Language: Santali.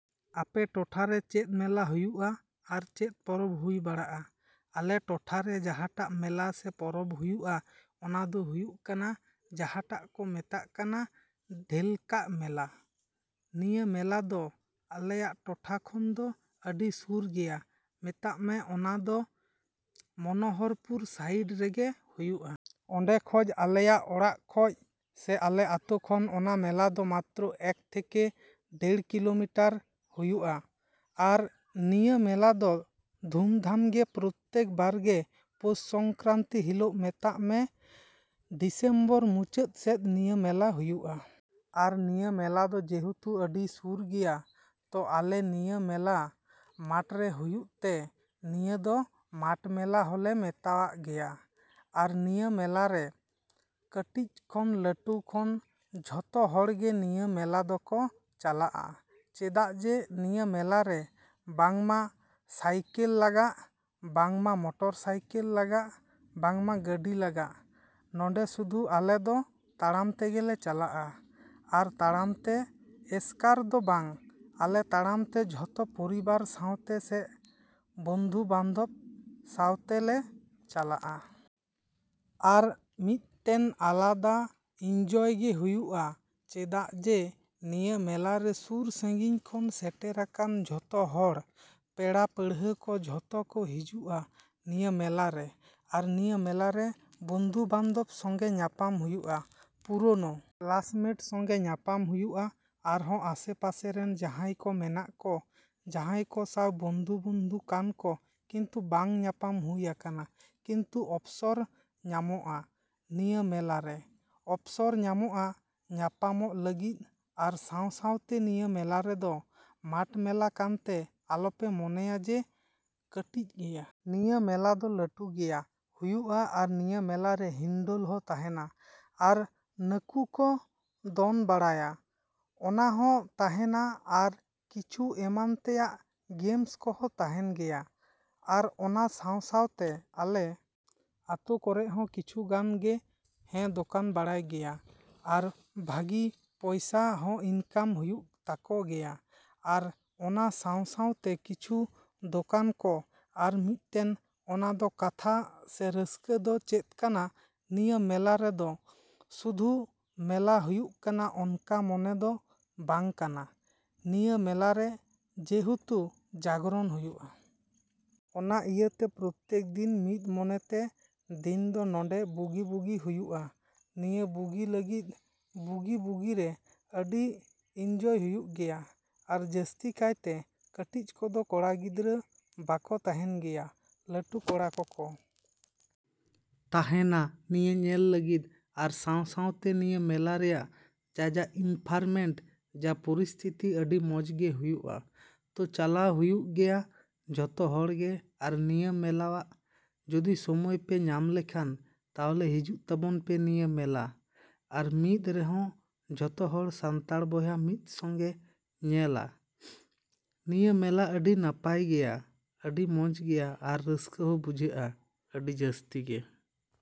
ᱟᱯᱮ ᱴᱚᱴᱷᱟᱨᱮ ᱪᱮᱫ ᱢᱮᱞᱟ ᱦᱩᱭᱩᱜᱼᱟ ᱟᱨ ᱪᱮᱫ ᱯᱚᱨᱚᱵᱽ ᱦᱩᱭ ᱵᱟᱲᱟᱜᱼᱟ? ᱟᱞᱮ ᱴᱚᱴᱷᱟ ᱨᱮ ᱡᱟᱸᱦᱟᱴᱟᱜ ᱢᱮᱞᱟ ᱥᱮ ᱯᱚᱨᱚᱵᱽ ᱦᱩᱭᱩᱜᱼᱟ ᱚᱱᱟ ᱫᱚ ᱦᱩᱭᱩᱜ ᱠᱟᱱᱟ ᱡᱟᱸᱦᱟᱴᱟᱜ ᱠᱚ ᱢᱮᱛᱟᱜ ᱠᱟᱱ ᱰᱷᱮᱞᱠᱟᱜ ᱢᱮᱞᱟ᱾ ᱱᱤᱭᱟᱹ ᱢᱮᱞᱟ ᱫᱚ ᱟᱞᱮᱭᱟᱜ ᱴᱚᱴᱷᱟ ᱠᱷᱚᱡ ᱫᱚ ᱟᱹᱰᱤ ᱥᱩᱨ ᱜᱮᱭᱟ ᱢᱮᱛᱟᱜ ᱢᱮ ᱚᱱᱟ ᱫᱚ ᱢᱚᱱᱳᱦᱚᱨᱯᱩᱨ ᱥᱟᱭᱤᱰ ᱨᱮᱜᱮ ᱦᱩᱭᱩᱜᱼᱟ᱾ ᱚᱸᱰᱮ ᱠᱷᱚᱡ ᱟᱞᱮᱭᱟᱜ ᱚᱲᱟᱜ ᱠᱷᱚᱡ ᱥᱮ ᱟᱞᱮ ᱟᱛᱳ ᱠᱷᱚᱱ ᱚᱱᱟ ᱢᱮᱞᱟ ᱫᱚ ᱢᱟᱛᱨᱚ ᱮᱠ ᱛᱷᱮᱠᱮ ᱰᱮᱲ ᱠᱤᱞᱳᱢᱤᱴᱟᱨ ᱦᱩᱭᱩᱜᱼᱟ᱾ ᱟᱨ ᱱᱤᱭᱟᱹ ᱢᱮᱞᱟ ᱫᱚ ᱫᱷᱩᱢᱫᱷᱟᱢ ᱜᱮ ᱯᱨᱚᱛᱮᱠ ᱵᱟᱨᱜᱮ ᱯᱳᱥ ᱥᱚᱝᱠᱮᱨᱟᱱᱛᱤ ᱦᱤᱞᱳᱜ ᱢᱮᱛᱟᱜ ᱢᱮ ᱰᱤᱥᱮᱢᱵᱚᱨ ᱢᱩᱪᱟᱹᱫ ᱥᱮᱫ ᱱᱤᱭᱟᱹ ᱢᱮᱞᱟ ᱦᱩᱭᱩᱜᱼᱟ᱾ ᱟᱨ ᱱᱤᱭᱟᱹ ᱢᱮᱞᱟ ᱫᱚ ᱡᱮᱦᱩᱛᱩ ᱟᱹᱰᱤ ᱥᱩᱨ ᱜᱮᱭᱟ ᱛᱳ ᱟᱞᱮ ᱱᱤᱭᱟᱹ ᱢᱮᱞᱟ ᱢᱟᱴᱷᱨᱮ ᱦᱩᱭᱩᱜ ᱛᱮ ᱱᱤᱭᱟᱹ ᱫᱚ ᱢᱟᱴᱷ ᱢᱮᱞᱟ ᱦᱚᱞᱮ ᱢᱮᱛᱟᱣᱟᱜ ᱜᱮᱭᱟ ᱟᱨ ᱱᱤᱭᱟᱹ ᱢᱮᱞᱟᱨᱮ ᱠᱟᱹᱴᱤᱡ ᱠᱟᱱ ᱞᱟᱹᱴᱩ ᱠᱟᱱ ᱡᱚᱛᱚ ᱦᱚᱲᱜᱮ ᱱᱤᱭᱟᱹ ᱢᱮᱞᱟ ᱫᱚᱠᱚ ᱪᱟᱞᱟᱜᱼᱟ ᱪᱮᱫᱟᱜ ᱡᱮ ᱱᱤᱭᱟᱹ ᱢᱮᱞᱟᱨᱮ ᱵᱟᱝᱢᱟ ᱥᱟᱭᱠᱮᱞ ᱞᱟᱜᱟᱜ ᱵᱟᱝᱢᱟ ᱢᱚᱴᱚᱨ ᱥᱟᱭᱠᱮᱞ ᱞᱟᱜᱟᱜ ᱵᱟᱝᱢᱟ ᱜᱟᱹᱰᱤ ᱞᱟᱜᱟᱜ ᱱᱚᱸᱰᱮ ᱥᱩᱫᱷᱩ ᱟᱞᱮ ᱫᱚ ᱛᱟᱲᱟᱢ ᱛᱮᱜᱮᱞᱮ ᱪᱟᱞᱟᱜᱼᱟ ᱟᱨ ᱛᱟᱲᱟᱢᱛᱮ ᱮᱥᱠᱟᱨ ᱫᱚ ᱵᱟᱝ ᱟᱞᱮ ᱛᱟᱲᱟᱢᱛᱮ ᱡᱚᱛᱚ ᱯᱚᱨᱤᱵᱟᱨ ᱥᱟᱶᱛᱮ ᱥᱮ ᱵᱚᱱᱫᱷᱩ ᱵᱟᱱᱫᱷᱚᱵ ᱥᱟᱶᱛᱮ ᱞᱮ ᱪᱟᱞᱟᱜᱼᱟ᱾ ᱟᱨ ᱢᱤᱫᱴᱮᱡ ᱟᱞᱟᱫᱟ ᱤᱱᱡᱚᱭ ᱜᱮ ᱦᱩᱭᱩᱜᱼᱟ ᱪᱮᱫᱟᱜ ᱡᱮ ᱱᱤᱭᱟᱹ ᱢᱮᱞᱟᱨᱮ ᱥᱩᱨ ᱥᱟᱺᱜᱤᱧ ᱠᱷᱚᱱ ᱥᱮᱴᱮᱨᱟᱠᱟᱱ ᱡᱚᱛᱚ ᱦᱚᱲ ᱯᱮᱲᱟ ᱯᱟᱹᱲᱦᱟᱹ ᱠᱚ ᱡᱚᱛᱚ ᱠᱚ ᱦᱤᱡᱩᱜᱼᱟ ᱱᱤᱭᱟᱹ ᱢᱮᱞᱟᱨᱮ ᱟᱨ ᱱᱤᱭᱟᱹ ᱢᱮᱞᱟᱨᱮ ᱵᱚᱱᱫᱷᱩ ᱵᱟᱱᱫᱷᱚᱵ ᱥᱚᱜᱮ ᱧᱟᱯᱟᱢ ᱦᱩᱭᱩᱜᱼᱟ᱾ ᱯᱩᱨᱳᱱᱳ ᱠᱮᱞᱟᱥᱢᱮᱴ ᱥᱚᱜᱮ ᱧᱟᱯᱟᱢ ᱦᱩᱭᱩᱜᱼᱟ ᱟᱨᱦᱚ ᱟᱥᱮ ᱯᱟᱥᱮ ᱨᱮᱱ ᱡᱟᱦᱟᱸᱭ ᱠᱚ ᱢᱮᱱᱟᱜ ᱠᱚ ᱡᱟᱦᱟᱸᱭ ᱠᱚ ᱥᱟᱶ ᱵᱚᱱᱫᱷᱩ ᱵᱚᱱᱫᱷᱩ ᱠᱟᱱ ᱠᱚ ᱠᱤᱱᱛᱩ ᱵᱟᱝ ᱧᱟᱯᱟᱢ ᱦᱩᱭ ᱟᱠᱟᱱ ᱠᱤᱱᱛᱩ ᱚᱯᱥᱚᱨ ᱧᱟᱢᱚᱜᱼᱟ ᱱᱤᱭᱟᱹ ᱢᱮᱞᱟᱨᱮ ᱚᱯᱥᱚᱨ ᱧᱟᱢᱚᱜᱼᱟ ᱧᱟᱯᱟᱢᱚᱜ ᱞᱟᱹᱜᱤᱫ ᱟᱨ ᱥᱟᱶ ᱥᱟᱶᱛᱮ ᱱᱤᱭᱟᱹ ᱢᱮᱞᱟ ᱨᱮᱫᱚ ᱢᱟᱴᱷ ᱢᱮᱞᱟ ᱠᱟᱱᱛᱮ ᱟᱞᱚᱯᱮ ᱢᱚᱱᱮᱭᱟ ᱡᱮ ᱠᱟᱹᱴᱤᱡ ᱜᱮᱭᱟ᱾ ᱱᱤᱭᱟᱹ ᱢᱮᱞᱟ ᱫᱚ ᱞᱟᱹᱴᱩ ᱜᱮᱭᱟ ᱦᱩᱭᱩᱜᱼᱟ ᱟᱨ ᱱᱤᱭᱟᱹ ᱢᱮᱞᱟᱨᱮ ᱦᱤᱱᱰᱳᱞ ᱦᱚᱸ ᱛᱟᱦᱮᱱᱟ᱾ ᱟᱨ ᱱᱟᱠᱩ ᱠᱚ ᱫᱚᱱ ᱵᱟᱲᱟᱭᱟ ᱚᱱᱟ ᱦᱚᱸ ᱛᱟᱦᱮᱱᱟ ᱟᱨᱚ ᱠᱤᱪᱷᱩ ᱮᱢᱟᱱ ᱛᱮᱭᱟᱜ ᱜᱮᱢᱥ ᱠᱚᱦᱚᱸ ᱛᱟᱦᱮᱱ ᱜᱮᱭᱟ᱾ ᱟᱨ ᱚᱱᱟ ᱥᱟᱶ ᱥᱟᱶᱛᱮ ᱟᱞᱮ ᱟᱛᱳ ᱠᱚᱨᱮᱱ ᱦᱚᱸ ᱠᱤᱪᱷᱩ ᱜᱟᱱ ᱜᱮ ᱦᱚᱸ ᱫᱚᱠᱟᱱ ᱵᱟᱲᱟᱭ ᱜᱮᱭᱟ ᱟᱨ ᱵᱷᱟᱹᱜᱤ ᱯᱚᱭᱥᱟ ᱦᱚᱸ ᱤᱱᱠᱟᱢ ᱦᱩᱭᱩᱜ ᱛᱟᱠᱚ ᱜᱮᱭᱟ ᱟᱨ ᱚᱱᱟ ᱥᱟᱶ ᱥᱟᱶᱛᱮ ᱠᱤᱪᱷᱩ ᱫᱚᱠᱟᱱ ᱠᱚ ᱟᱨ ᱢᱤᱫᱴᱮᱡ ᱟᱱᱚᱱᱫᱚ ᱠᱟᱛᱷᱟ ᱥᱮ ᱨᱟᱹᱥᱠᱟᱹ ᱫᱚ ᱪᱮᱫ ᱠᱟᱱᱟ ᱱᱤᱭᱟᱹ ᱢᱮᱞᱟ ᱨᱮᱫᱚ ᱥᱩᱫᱷᱩ ᱢᱮᱞᱟ ᱦᱩᱭᱩᱜ ᱠᱟᱱᱟ ᱚᱱᱠᱟ ᱢᱟᱱᱮ ᱫᱚ ᱵᱟᱝ ᱠᱟᱱᱟ ᱱᱤᱭᱟᱹ ᱢᱮᱞᱟᱨᱮ ᱡᱮᱦᱮᱛᱩ ᱡᱟᱜᱽᱨᱚᱱ ᱦᱩᱭᱩᱜᱼᱟ᱾ ᱚᱱᱟ ᱤᱭᱟᱹᱛᱮ ᱯᱨᱚᱛᱮᱠ ᱫᱤᱱ ᱢᱤᱫ ᱢᱚᱱᱮᱛᱮ ᱫᱤᱱᱫᱚ ᱱᱚᱰᱮ ᱵᱩᱜᱤ ᱵᱩᱜᱤ ᱦᱩᱭᱩᱜᱼᱟ ᱱᱤᱭᱟᱹ ᱵᱩᱜᱤ ᱞᱟᱹᱜᱤᱫ ᱵᱩᱜᱤ ᱵᱩᱜᱤᱨᱮ ᱟᱹᱰᱤ ᱤᱱᱡᱚᱭ ᱦᱩᱭᱩᱜ ᱜᱮᱭᱟ᱾ ᱟᱨ ᱡᱟᱹᱥᱛᱤ ᱠᱟᱭᱛᱮ ᱠᱟᱹᱴᱤᱡ ᱠᱚᱫᱚ ᱠᱚᱲᱟ ᱜᱤᱫᱽᱨᱟᱹ ᱵᱟᱠᱚ ᱛᱟᱦᱮᱱ ᱜᱮᱭᱟ ᱞᱟᱹᱴᱩ ᱠᱚᱲᱟ ᱠᱚᱠᱚ ᱛᱟᱦᱮᱱᱟ ᱱᱤᱭᱟᱹ ᱧᱮᱞ ᱞᱟᱹᱜᱤᱫ ᱟᱨ ᱥᱟᱶ ᱥᱟᱶᱛᱮ ᱱᱤᱭᱟᱹ ᱢᱮᱞᱟ ᱨᱮᱭᱟᱜ ᱡᱟ ᱡᱟ ᱤᱱᱵᱷᱟᱨᱢᱮᱱᱴ ᱡᱟ ᱯᱚᱨᱤᱥᱛᱷᱤᱛᱤ ᱟᱹᱰᱤ ᱢᱚᱡᱽ ᱜᱮ ᱦᱩᱭᱩᱜᱼᱟ ᱛᱳ ᱪᱟᱞᱟᱜ ᱦᱩᱭᱩᱜ ᱜᱮᱭᱟ ᱡᱚᱛᱚ ᱦᱚᱲᱜᱮ ᱟᱨ ᱱᱤᱭᱟᱹ ᱢᱮᱞᱟ ᱦᱚᱸ ᱡᱚᱫᱤ ᱥᱚᱢᱚᱭ ᱯᱮ ᱧᱟᱢ ᱞᱮᱠᱷᱟᱡ ᱛᱟᱦᱚᱞᱮ ᱦᱤᱡᱩᱜ ᱛᱟᱵᱚᱱᱯᱮ ᱱᱤᱭᱟᱹ ᱢᱮᱞᱟ ᱟᱨ ᱢᱤᱫ ᱟᱨᱦᱚᱸ ᱡᱚᱛᱚ ᱦᱚᱲ ᱥᱟᱱᱛᱟᱲ ᱵᱚᱭᱦᱟ ᱢᱤᱫ ᱥᱚᱜᱮ ᱛᱮᱵᱚ ᱧᱮᱞᱟ ᱱᱤᱭᱟᱹ ᱢᱮᱞᱟ ᱟᱹᱰᱤ ᱱᱟᱯᱟᱭ ᱜᱮᱭᱟ ᱟᱹᱰᱤ ᱢᱚᱡᱽ ᱜᱮᱭᱟ ᱟᱨ ᱨᱟᱹᱥᱠᱟᱹ ᱦᱚᱸ ᱵᱩᱡᱷᱟᱹᱜᱼᱟ ᱟᱹᱰᱤ ᱡᱟᱥᱛᱤ ᱜᱮ᱾